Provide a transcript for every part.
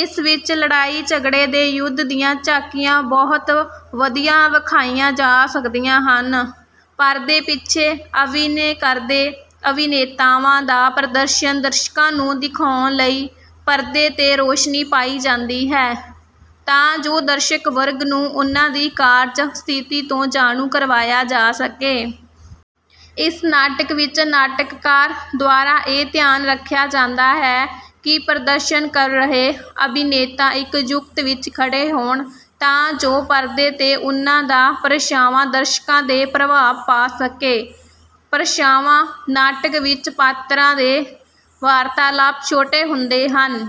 ਇਸ ਵਿੱਚ ਲੜਾਈ ਝਗੜੇ ਤੇ ਯੁੱਧ ਦੀਆਂ ਝਾਕੀਆਂ ਬਹੁਤ ਵਧੀਆ ਵਿਖਾਈਆਂ ਜਾ ਸਕਦੀਆਂ ਹਨ। ਪਰਦੇ ਪਿੱਛੇ ਅਭਿਨੈ ਕਰਦੇ ਅਭਿਨੇਤਾਵਾਂ ਦਾ ਪ੍ਰਦਰਸ਼ਨ ਦਰਸ਼ਕਾਂ ਨੂੰ ਦਿਖਾਉਣ ਲਈ ਪਰਦੇ ਤੇ ਰੌਸ਼ਨੀ ਪਾਈ ਜਾਂਦੀ ਹੈ, ਤਾਂ ਜੋ ਦਰਸ਼ਕ ਵਰਗ ਨੂੰ ਉਨ੍ਹਾਂ ਦੀ ਕਾਰਜ ਸਥਿਤੀ ਤੋਂ ਜਾਣੂ ਕਰਵਾਇਆ ਜਾ ਸਕੇ। ਇਸ ਨਾਟਕ ਵਿੱਚ ਨਾਟਕਕਾਰ ਦੁਆਰਾ ਇਹ ਧਿਆਨ ਰੱਖਿਆ ਜਾਂਦਾ ਹੈ, ਕਿ ਪ੍ਰਦਰਸ਼ਨ ਕਰ ਰਹੇ ਅਭਿਨੇਤਾ ਇੱਕ ਜੁਗਤ ਵਿੱਚ ਖੜੇ ਹੋਣ, ਤਾਂ ਜੋ ਪਰਦੇ ਤੇ ਉਨ੍ਹਾਂ ਦਾ ਪ੍ਰਛਾਵਾਂ ਦਰਸ਼ਕਾਂ ਤੇ ਪ੍ਰਭਾਵ ਪਾ ਸਕੇ। ਪ੍ਰਛਾਵਾਂ ਨਾਟਕ ਵਿੱਚ ਪਾਤਰਾਂ ਦੇ ਵਾਰਤਾਲਾਪ ਛੋਟੇ ਹੁੰਦੇ ਹਨ।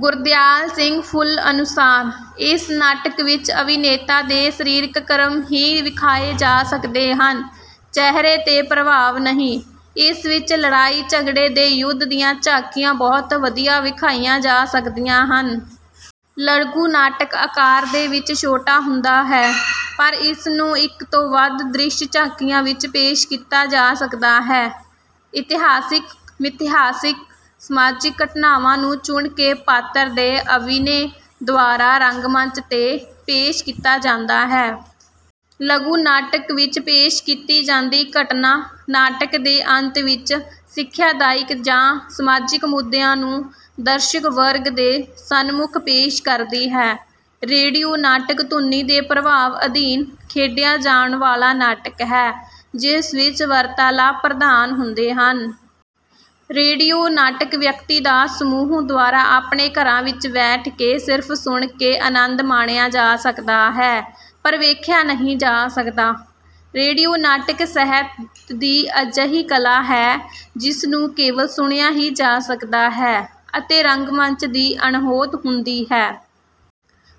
ਗੁਰਦਿਆਲ ਸਿੰਘ ਫੁੱਲ ਅਨੁਸਾਰ, ਇਸ ਨਾਟਕ ਵਿੱਚ ਅਭਿਨੇਤਾ ਦੇ ਸਰੀਰਕ ਕਰਮ ਹੀ ਵਿਖਾਏ ਜਾ ਸਕਦੇ ਹਨ, ਚਿਹਰੇ ਦੇ ਪ੍ਰਭਾਵ ਨਹੀਂ। ਇਸ ਵਿੱਚ ਲੜਾਈ ਝਗੜੇ ਤੇ ਯੁੱਧ ਦੀਆਂ ਝਾਕੀਆਂ ਬਹੁਤ ਵਧੀਆ ਵਿਖਾਈਆਂ ਜਾ ਸਕਦੀਆਂ ਹਨ। ਲਘੂ ਨਾਟਕ ਆਕਾਰ ਦੇ ਵਿੱਚ ਛੋਟਾ ਹੁੰਦਾ ਹੈ, ਪਰ ਇਸ ਨੂੰ ਇੱਕ ਤੋਂ ਵੱਧ ਦ੍ਰਿਸ਼ ਝਾਕੀਆਂ ਵਿੱਚ ਪੇਸ਼ ਕੀਤਾ ਜਾ ਸਕਦਾ ਹੈ। ਇਤਿਹਾਸਿਕ, ਮਿਥਿਹਾਸਿਕ, ਸਮਾਜਿਕ ਘਟਨਾਵਾਂ ਨੂੰ ਚੁਣ ਕੇ ਪਾਤਰਾਂ ਦੇ ਅਭਿਨੈ ਦੁਆਰਾ ਰੰਗਮੰਚ ਤੇ ਪੇਸ਼ ਕੀਤਾ ਜਾਂਦਾ ਹੈ। ਲਘੂ ਨਾਟਕ ਵਿੱਚ ਪੇਸ਼ ਕੀਤੀ ਜਾਂਦੀ ਘਟਨਾ ਨਾਟਕ ਦੇ ਅੰਤ ਵਿੱਚ ਸਿਖਿਆਦਾਇਕ ਜਾਂ ਸਮਾਜਿਕ ਮੁੱਦਿਆਂ ਨੂੰ ਦਰਸ਼ਕ ਵਰਗ ਦੇ ਸਨਮੁੱਖ ਪੇਸ਼ ਕਰਦੀ ਹੈ। ਰੇਡੀਓ ਨਾਟਕ ਧੁਨੀ ਦੇ ਪ੍ਰਭਾਵ ਅਧੀਨ ਖੇਡਿਆ ਜਾਣ ਵਾਲਾ ਨਾਟਕ ਹੈ, ਜਿਸ ਵਿੱਚ ਵਾਰਤਾਲਾਪ ਪ੍ਰਧਾਨ ਹੁੰਦੇ ਹਨ। ਰੇਡੀਓ ਨਾਟਕ ਵਿਅਕਤੀ ਜਾਂ ਸਮੂਹ ਦੁਆਰਾ ਆਪਣੇ ਘਰਾਂ ਵਿੱਚ ਬੈਠ ਕੇ ਸਿਰਫ ਸੁਣ ਕੇ ਅਨੰਦ ਮਾਣਿਆ ਜਾ ਸਕਦਾ ਹੈ, ਪਰ ਵੇਖਿਆ ਨਹੀਂ ਜਾ ਸਕਦਾ। ਰੇਡੀਓ ਨਾਟਕ ਸਾਹਿਤ ਦੀ ਅਜਿਹੀ ਕਲਾ ਹੈ, ਜਿਸ ਨੂੰ ਕੇਵਲ ਸੁਣਿਆ ਹੀ ਜਾ ਸਕਦਾ ਹੈ, ਅਤੇ ਰੰਗਮੰਚ ਦੀ ਅਣਹੋਂਦ ਹੁੰਦੀ ਹੈ।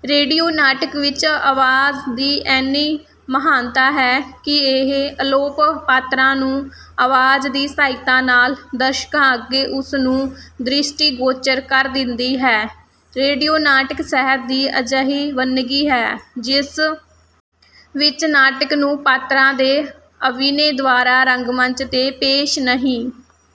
ਰੇਡੀਓ ਨਾਟਕ ਵਿੱਚ ਆਵਾਜ਼ ਦੀ ਇੰਨੀ ਮਹਾਨਤਾ ਹੈ, ਕਿ ਇਹ ਅਲੋਪ ਪਾਤਰਾਂ ਨੂੰ ਆਵਾਜ਼ ਦੀ ਸਹਾਇਤਾ ਨਾਲ ਦਰਸ਼ਕਾਂ ਅੱਗੇ ਉਸ ਨੂੰ ਦ੍ਰਿਸ਼ਟੀਗੋਚਰ ਕਰ ਦਿੰਦੀ ਹੈ। ਰੇਡੀਓ ਨਾਟਕ ਸਾਹਿਤ ਦੀ ਅਜਿਹੀ ਵੰਨਗੀ ਹੈ, ਜਿਸ ਵਿੱਚ ਨਾਟਕ ਨੂੰ ਪਾਤਰਾਂ ਦੇ ਅਭਿਨੈ ਦੁਆਰਾ ਰੰਗਮੰਚ ਤੇ ਪੇਸ਼ ਨਹੀਂ